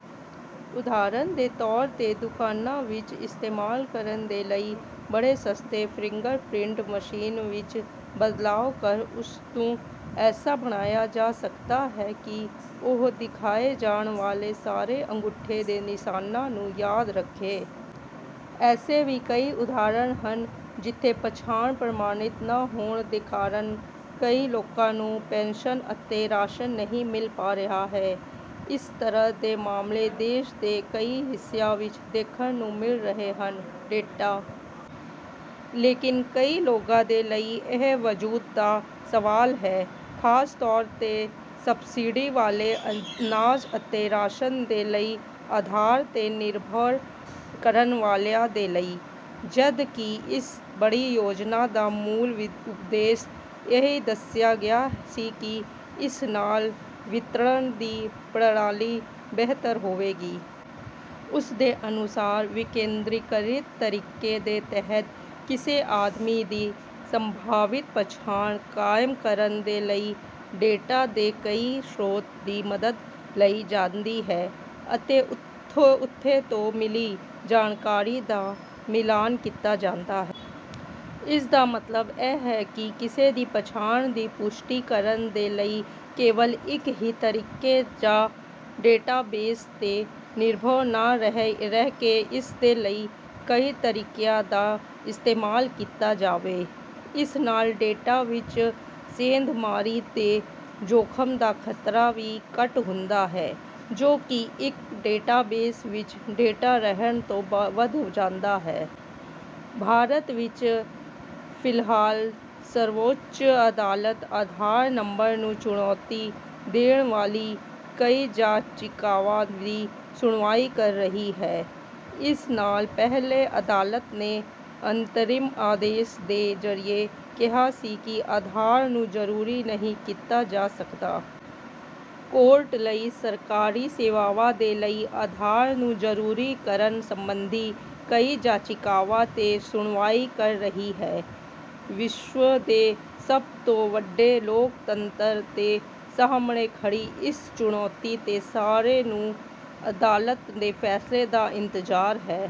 ਉਦਾਹਰਣ ਦੇ ਤੌਰ ਤੇ ਦੁਕਾਨਾਂ ਵਿੱਚ ਇਸਤੇਮਾਲ ਕਰਨ ਦੇ ਲਈ ਬਣੇ ਸਸਤੇ ਫਿੰਗਰਪ੍ਰਿੰਟ ਮਸ਼ੀਨ ਵਿੱਚ ਬਦਲਾਵ ਕਰ ਉਸਨੂੰ ਐਸਾ ਬਣਾਇਆ ਜਾ ਸਕਦਾ ਹੈ ਕਿ ਉਹ ਦਿਖਾਏ ਜਾਣ ਵਾਲੇ ਸਾਰੇ ਅੰਗੂਠੇ ਦੇ ਨਿਸ਼ਾਨਾਂ ਨੂੰ ਯਾਦ ਰੱਖੇ। ਐਸੇ ਵੀ ਕਈ ਉਦਾਹਰਣ ਹਨ ਜਿੱਥੇ ਪਛਾਣ ਪ੍ਰਮਾਣਿਤ ਨਾ ਹੋਣ ਦੇ ਕਾਰਣ ਕਈ ਲੋਕਾਂ ਨੂੰ ਪੈਨਸ਼ਨ ਅਤੇ ਰਾਸ਼ਨ ਨਹੀ ਮਿਲ ਪਾ ਰਿਹਾ ਹੈ। ਇਸ ਤਰਾਂ ਦੇ ਮਾਮਲੇ ਦੇਸ ਦੇ ਕਈ ਹਿੱਸਿਆਂ ਵਿੱਚ ਦੇਖਣ ਨੂੰ ਮਿਲ ਰਹੇ ਹਨ। ਡੇਟਾ ਲੇਕਿਨ ਕਈ ਲੋਕਾਂ ਦੇ ਲਈ ਇਹ ਵਜੂਦ ਦਾ ਸਵਾਲ ਹੈ, ਖ਼ਾਸ ਤੌਰ ਤੇ ਸਬਸਿਡੀ ਵਾਲੇ ਅਨਾਜ ਅਤੇ ਰਾਸ਼ਨ ਦੇ ਲਈ ਆਧਾਰ ਤੇ ਨਿਰਭਰ ਕਰਨ ਵਾਲਿਆਂ ਦੇ ਲਈ। ਜਦ ਕਿ ਇਸ ਬੜੀ ਯੋਜਨਾ ਦਾ ਮੂਲ ਉਦੇਸ਼ ਇਹੀ ਦਸਿਆ ਗਿਆ ਸੀ ਕਿ ਇਸ ਨਾਲ ਵਿਤਰਣ ਦੀ ਪ੍ਰਣਾਲੀ ਬਿਹਤਰ ਹੋਵੇਗੀ। ਉਸ ਦੇ ਅਨੁਸਾਰ ਵਿਕੇਨਦ੍ਰੀਕਰਿਤ ਤਰੀਕੇ ਦੇ ਤਹਿਤ ਕਿਸੇ ਆਦਮੀ ਦੀ ਸੰਭਾਵਿਤ ਪਛਾਣ ਕਾਇਮ ਕਰਨ ਦੇ ਲਈ ਡੈਟਾ ਦੇ ਕਈ ਸ੍ਰੋਤ ਦੀ ਮੱਦਦ ਲਈ ਜਾਂਦੀ ਹੈ ਅਤੇ ਉਥੇ ਤੋਂ ਮਿਲੀ ਜਾਣਕਾਰੀ ਦਾ ਮਿਲਾਨ ਕੀਤਾ ਜਾਂਦਾ ਹੈ। ਇਸਦਾ ਮਤਲਬ ਇਹ ਹੈ ਕਿ ਕਿਸੇ ਦੀ ਪਛਾਣ ਦੀ ਪੁਸ਼ਟੀ ਕਰਨ ਦੇ ਲਈ ਕੇਵਲ ਇੱਕ ਹੀ ਤਰੀਕੇ ਜਾਂ ਡੈਟਾਬੇਸ ਤੇ ਨਿਰਭਰ ਨਾਂ ਰਹਿਕੇ ਇਸਦੇ ਲਈ ਕਈ ਤਰੀਕਿਆਂ ਦਾ ਇਸਤੇਮਾਲ ਕੀਤਾ ਜਾਵੇ। ਇਸ ਨਾਲ ਡੇਟਾ ਵਿੱਚ ਸੇਂਧਮਾਰੀ ਦੇ ਜੋਖਮ ਦਾ ਖ਼ਤਰਾ ਵੀ ਘੱਟ ਹੁੰਦਾ ਹੈ ਜੋ ਕਿ ਇੱਕ ਡੈਟਾਬੇਸ ਵਿੱਚ ਡੇਟਾ ਰਹਿਣ ਤੋਂ ਵਧ ਜਾਂਦਾ ਹੈ। ਭਾਰਤ ਵਿੱਚ ਫਿਲਹਾਲ ਸਰਵਉੱਚ ਅਦਾਲਤ, ਆਧਾਰ ਨੰਬਰ ਨੂੰ ਚੁਣੌਤੀ ਦੇਣ ਵਾਲੀ ਕਈ ਜਾਚਿਕਾਵਾਂ ਦੀ ਸੁਣਵਾਈ ਕਰ ਰਹੀ ਹੈ। ਇਸ ਨਾਲ ਪਹਿਲੇ ਅਦਾਲਤ ਨੇ ਅੰਤਰਿਮ ਆਦੇਸ਼ ਦੇ ਜ਼ਰੀਏ ਕਿਹਾ ਸੀ ਕਿ ਆਧਾਰ ਨੂੰ ਜਰੂਰੀ ਨਹੀ ਕੀਤਾ ਜਾ ਸਕਦਾ। ਕੋਰਟ ਕਈ ਸਰਕਾਰੀ ਸੇਵਾਵਾਂ ਦੇ ਲਈ ਆਧਾਰ ਨੂੰ ਜਰੂਰੀ ਕਰਨ ਸੰਬੰਧੀ ਕਈ ਜਾਚਿਕਾਵਾਂ ਤੇ ਸੁਣਵਾਈ ਕਰ ਰਹੀ ਹੈ। ਵਿਸ਼ਵ ਦੇ ਸਭ ਤੋਂ ਬਡੇ ਲੋਕਤੰਤਰ ਦੇ ਸਾਹਮਣੇ ਖੜੀ ਇਸ ਚੁਣੌਤੀ ਤੇ ਸਾਰੇ ਨੂੰ ਅਦਾਲਤ ਦੇ ਫ਼ੈਸਲੇ ਦਾ ਇੰਤਜ਼ਾਰ ਹੈ।